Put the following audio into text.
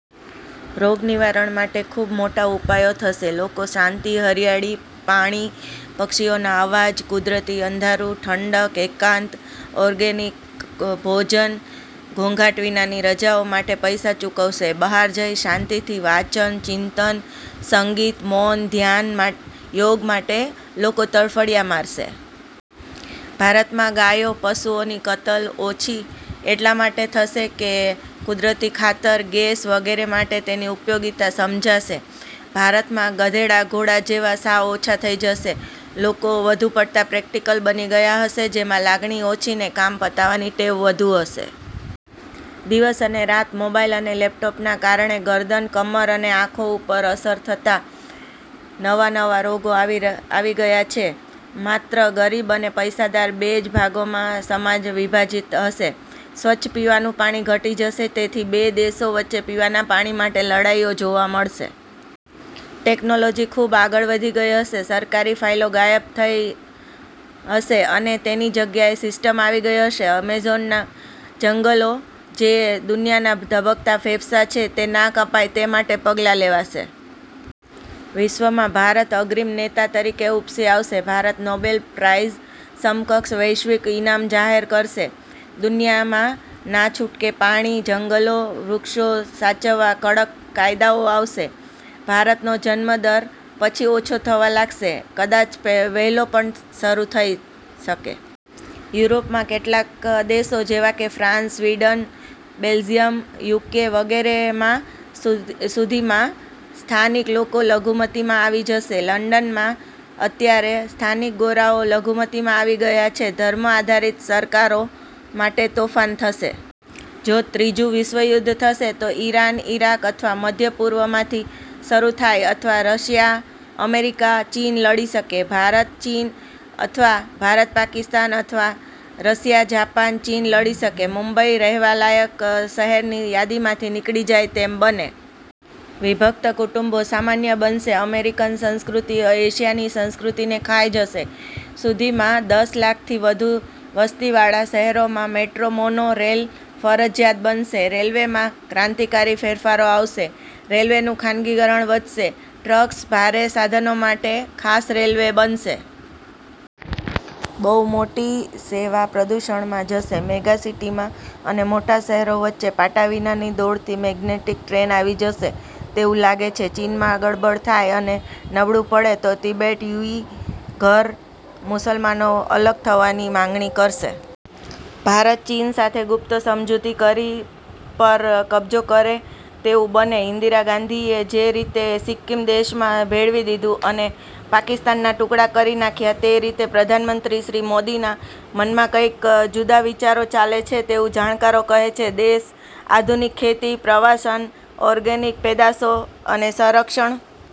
રોગ નિવારણ માટે ખૂબ મોટા ઉપાયો થશે. લોકો શાંતિ, હરિયાળી, પાણી, પક્ષીઓના અવાજ, કુદરતી અંધારું, ઠંડક, એકાંત, ઓર્ગેનિક ભોજન, ઘોંઘાટ વિનાની રજાઓ માટે પૈસા ચૂકવશે. બહાર જઈ શાંતિથી વાંચન, ચિંતન, સંગીત, મૌન, ધ્યાન, માટ યોગ માટે લોકો તરફડીયા મારશે. ભારત માં ગાયો, પશુઓની કતલ ઓછી એટલા માટે થશે કે કુદરતી ખાતર, ગેસ, વગેરે માટે તેની ઉપયોગીતા સમજાશે. ભારતમાં ગધેડા, ઘોડા સાવ ઓછા થઈ જશે. લોકો વધુ પડતા પ્રેક્ટિકલ બની ગયા હશે જેમાં લાગણી ઓછીને કામ પતાવવાની ટેવ વધુ હશે. દિવસ અને રાત મોબાઈલ અને લેપટોપના કારણે ગરદન, કમર અને આંખો ઉપર અસર થતા નવા નવા રોગો આવી ર આવી ગયા છે. માત્ર ગરીબ અને પૈસાદાર બે જ ભાગોમાં સમાજ વિભાજિત હશે. સ્વચ્છ પીવાનું પાણી ઘટી જશે તેથી બે દેશો વચ્ચે પીવાના પાણી માટે લડાઈઓ જોવા મળશે. ટેકનોલોજી ખૂબ આગળ વધી ગઈ હશે. સરકારી ફાઈલો ગાયબ થઈ હશે અને તેની જગ્યાએ સિસ્ટમ આવી ગઈ હશે. અમેઝોનના જંગલો, જે દુનિયાના તબકતા ફેફસા છે, તે ના કપાય તે માટે પગલાં લેવાશે. વિશ્વમાં ભારત અગ્રીમ નેતા તરીકે ઉપસી આવશે. ભારત નોબેલ પ્રાઇઝ સમકક્ષ વૈશ્વિક ઈનામ જાહેર કરશે. દુનિયામાં, નાછૂટકે, પાણી, જંગલો, વૃક્ષો સાચવા કડક કાયદાઓ આવશે. ભારતનો જન્મ દર પછી ઓછો થવા લાગશે. કદાચ પે વહેલો પણ શરૂ થય શકે. યુરોપ માં કેટલાક દેશો જેવાકે ફ્રાન્સ, સ્વીડન, બેલ્જિયમ, યુકે વગેરે માં સુધ સુધીમાં સ્થાનિક લોકો લઘુમતી માં આવી જશે. લંડનમાં અત્યારે સ્થાનિક ગોરાઓ લઘુમતીમાં આવી જ ગયા છે. ધર્મ આધારિત સરકારો માટે તોફાન થશે. જો ત્રીજું વિશ્વ યુધ્ધ થશે તો ઈરાન, ઈરાક અથવા મધ્ય પૂર્વ માંથી શરૂ થાય અથવા રશિયા, અમેરિકા, ચીન લડી શકે. ભારત, ચીન, અથવા ભારત- પાકિસ્તાન અથવા રશિયા, જાપાન, ચીન લડી શકે. મુંબઈ રહેવા લાયક શહેરની યાદીમાંથી નીકળી જાય તેમ બને. વિભક્ત કુટુંબો સામાન્ય બનશે. અમેરિકન સંસ્કૃતિ એશિયાની સંસ્કૃતીને ખાઈ જશે. સુધીમાં દસ લાખ થી વધુ વસ્તી વાળા શહેરોમાં મેટ્રો, મોનો રેલ ફરજિયાત બનશે. રેલ્વે માં ક્રાંતિકારી ફેરફારો આવશે. રેલવે નું ખાનગીકરણ વધશે. ટ્રક્સ, ભારે સાધનો માટે ખાસ રેલ્વે બનશે. બહુ મોટી સેવા પ્રદૂષણમાં થશે. મેગા સિટી માં અને મોટા શહેરો વચ્ચે પાટા વિનાની દોડતી મેગ્નેટિક ટ્રેન આવી જશે તેવું લાગે છે. ચીનમાં ગરબડ થાય અને નબળુ પડે તો તિબેટ યુઈ ઘર મુસલમાનો અલગ થવાની માગણી કરશે. ભારત ચીન સાથે ગુપ્ત સમજૂતી કરી પર કબજો કરે તેવું બને. ઇન્દિરા ગાંધીએ જે રીતે સિક્કિમ દેશમાં ભેળવી દીધું અને પાકિસ્તાન ના ટુકડા કરી નાખ્યાં તે રીતે પ્રધાન મંત્રી શ્રી મોદીના મનમાં કંઇક જુદા વિચારો ચાલે છે તેવું જાણકારો કહે છે. દેશ આધુનિક ખેતી, પ્રવાસન, ઓર્ગેનિક પેદાશો, અને સંરક્ષણ